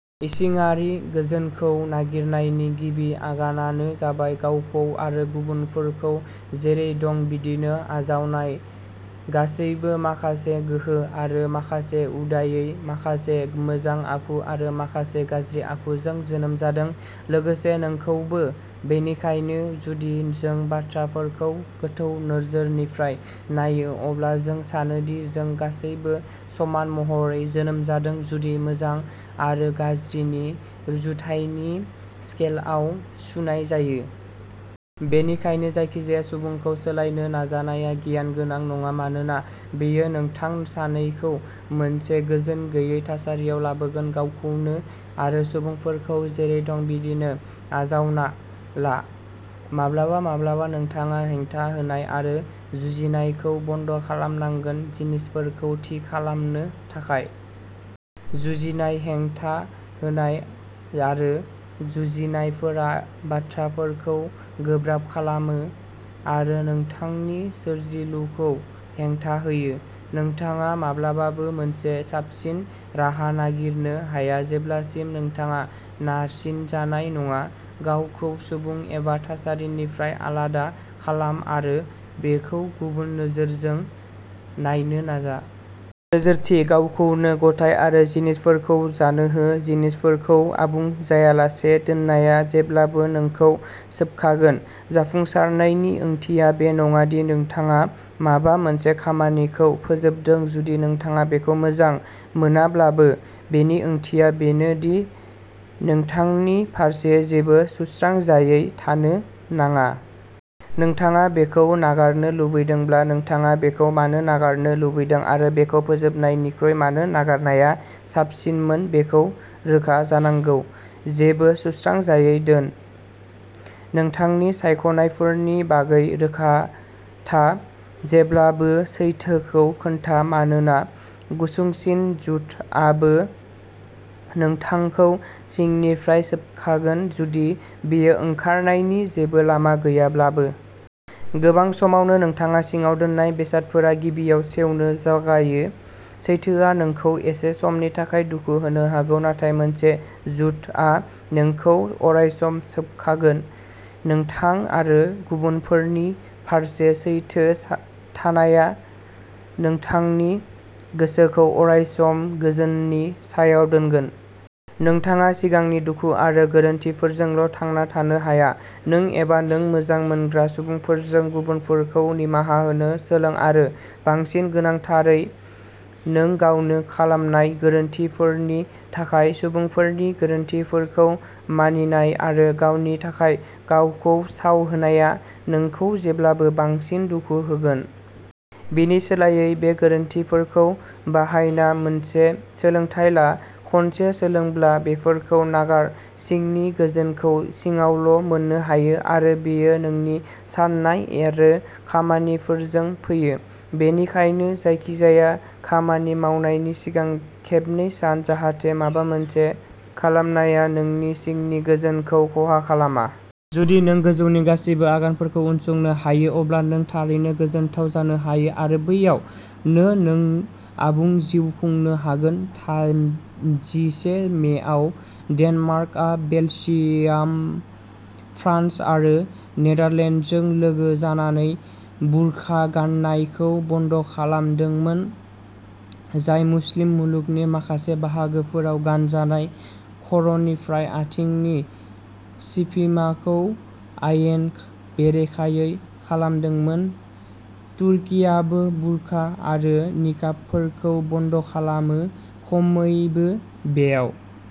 इसिङारि गोजोनखौ नागिरनायनि गिबि आगानानो जाबाय गावखौ आरो गुबुनफोरखौ जेरै दं बिदिनो आजावनाय। गासैबो माखासे गोहो आरो माखासे उदायै माखासे मोजां आखु आरो माखासे गाज्रि आखुजों जोनोम जादों लोगोसे नोंखौबो। बेनिखायनो जुदि जों बाथ्राफोरखौ गोथौ नोजोरनिफ्राय नायो अब्ला जों सानो दि जों गासैबो समान महरै जोनोम जादों जुदि मोजां आरो गाज्रिनि रुजुथायनि स्केलआव सुनाय जायो। बेनिखायनो जायखिजाया सुबुंखौ सोलायनो नाजानाया गियान गोनां नङा मानोना बेयो नोंथां सानैखौ मोनसे गोजोन गैयै थासारियाव लाबोगोन। गावखौनो आरो सुबुंफोरखौ जेरै दं बिदिनो आजावना ला। माब्लाबा माब्लाबा नोंथाङा हेंथा होनाय आरो जुजिनायखौ बन्द' खालामनांगोन जिनिसफोरखौ थि खालामनो थाखाय। जुजिनाय हेंथा होनाय आरो जुजिनायफोरा बाथ्राफोरखौ गोब्राब खालामो आरो नोंथांनि सोरजिलुखौ हेंथा होयो। नोंथाङा माब्लाबाबो मोनसे साबसिन राहा नागिरनो हाया जेब्लासिम नोंथाङा नारसिनजानाय नङा। गावखौ सुबुं एबा थासारिनिफ्राय आलादा खालाम आरो बेखौ गुबुन नोजोरजों नायनो नाजा। नोजोरथि। गावखौनो गथाय आरो जिनिसफोरखौ जानो हो। जिनिसफोरखौ आबुं जायालासे दोननाया जेब्लाबो नोंखौ सोबखागोन। जाफुंसारनायनि ओंथिया बे नङा दि नोंथाङा माबा मोनसे खामानिखौ फोजोबदों जुदि नोंथाङा बेखौ मोजां मोनाब्लाबो। बेनि ओंथिया बेनो दि नोंथांनि फारसे जेबो सुस्रांजायै थानो नाङा। नोंथाङा बेखौ नागारनो लुबैदोंब्ला नोंथाङा बेखौ मानो नागारनो लुबैदों आरो बेखौ फोजोबनायनिख्रुइ मानो नागारनाया साबसिनमोन बेखौ रोखा जानांगौ। जेबो सुस्रांजायै दोन। नोंथांनि सायख'नायफोरनि बागै रोखा था। जेब्लाबो सैथोखौ खोन्था मानोना गुसुंसिन झूठआबो नोंथांखौ सिंनिफ्राय सोबखागोन जुदि बेयो ओंखारनायनि जेबो लामा गैयाब्लाबो। गोबां समावनो नोंथाङा सिङाव दोननाय बेसादफोरा गिबियाव सेवनो जागायो। सैथोआ नोंखौ एसे समनि थाखाय दुखु होनो हागौ नाथाय मोनसे झूठआ नोंखौ अरायसम सोबखागोन। नोंथां आरो गुबुनफोरनि फारसे सैथो थानाया नोंथांनि गोसोखौ अरायसम गोजोननि सायाव दोनगोन। नोंथाङा सिगांनि दुखु आरो गोरोन्थिफोरजोंल' थांना थानो हाया। नों एबा नों मोजां मोनग्रा सुबुंफोरजों। गुबुनफोरखौ निमाहा होनो सोलों आरो बांसिन गोनांथारै नों गावनो खालामनाय गोरोन्थिफोरनि थाखाय सुबुंफोरनि गोरोन्थिफोरखौ मानिनाय आरो गावनि थाखाय गावखौ साव होनाया नोंखौ जेब्लाबो बांसिन दुखु होगोन। बेनि सोलायै बे गोरोन्थिफोरखौ बाहायना मोनसे सोलोंथाइ ला। खनसे सोलोंब्ला बेफोरखौ नागार। सिंनि गोजोनखौ सिङावल' मोन्नो हायो आरो बेयो नोंनि साननाय आरो खामानिफोरजों फैयो। बेनिखायनो जायखिजाया खामानि मावनायनि सिगां खेबनै सान जाहाथे माबा मोनसे खालामनाया नोंनि सिंनि गोजोनखौ खहा खालामा। जुदि नों गोजौनि गासैबो आगानफोरखौ उनसंनो हायो अब्ला नों थारैनो गोजोनथाव जानो हायो आरो बैयावनो नों आबुं जिउ खुंनो हागोन। थामजिसे मेआव डेनमार्कआ बेलजियाम, फ्रान्स आरो नेदारलेन्डजों लोगो जानानै बुरखा गाननायखौ बन्द खालामदोंमोन जाय मुस्लिम मुलुगनि माखासे बाहागोफोराव गानजानाय खर'निफ्राय आथिंनि सिफिमाखौ आयेन बेरेखायै खालामदोंमोन। तुर्कीआबो बुरखा आरो निकाबफोरखौ बन्द'खालामो खमैबो बेयाव।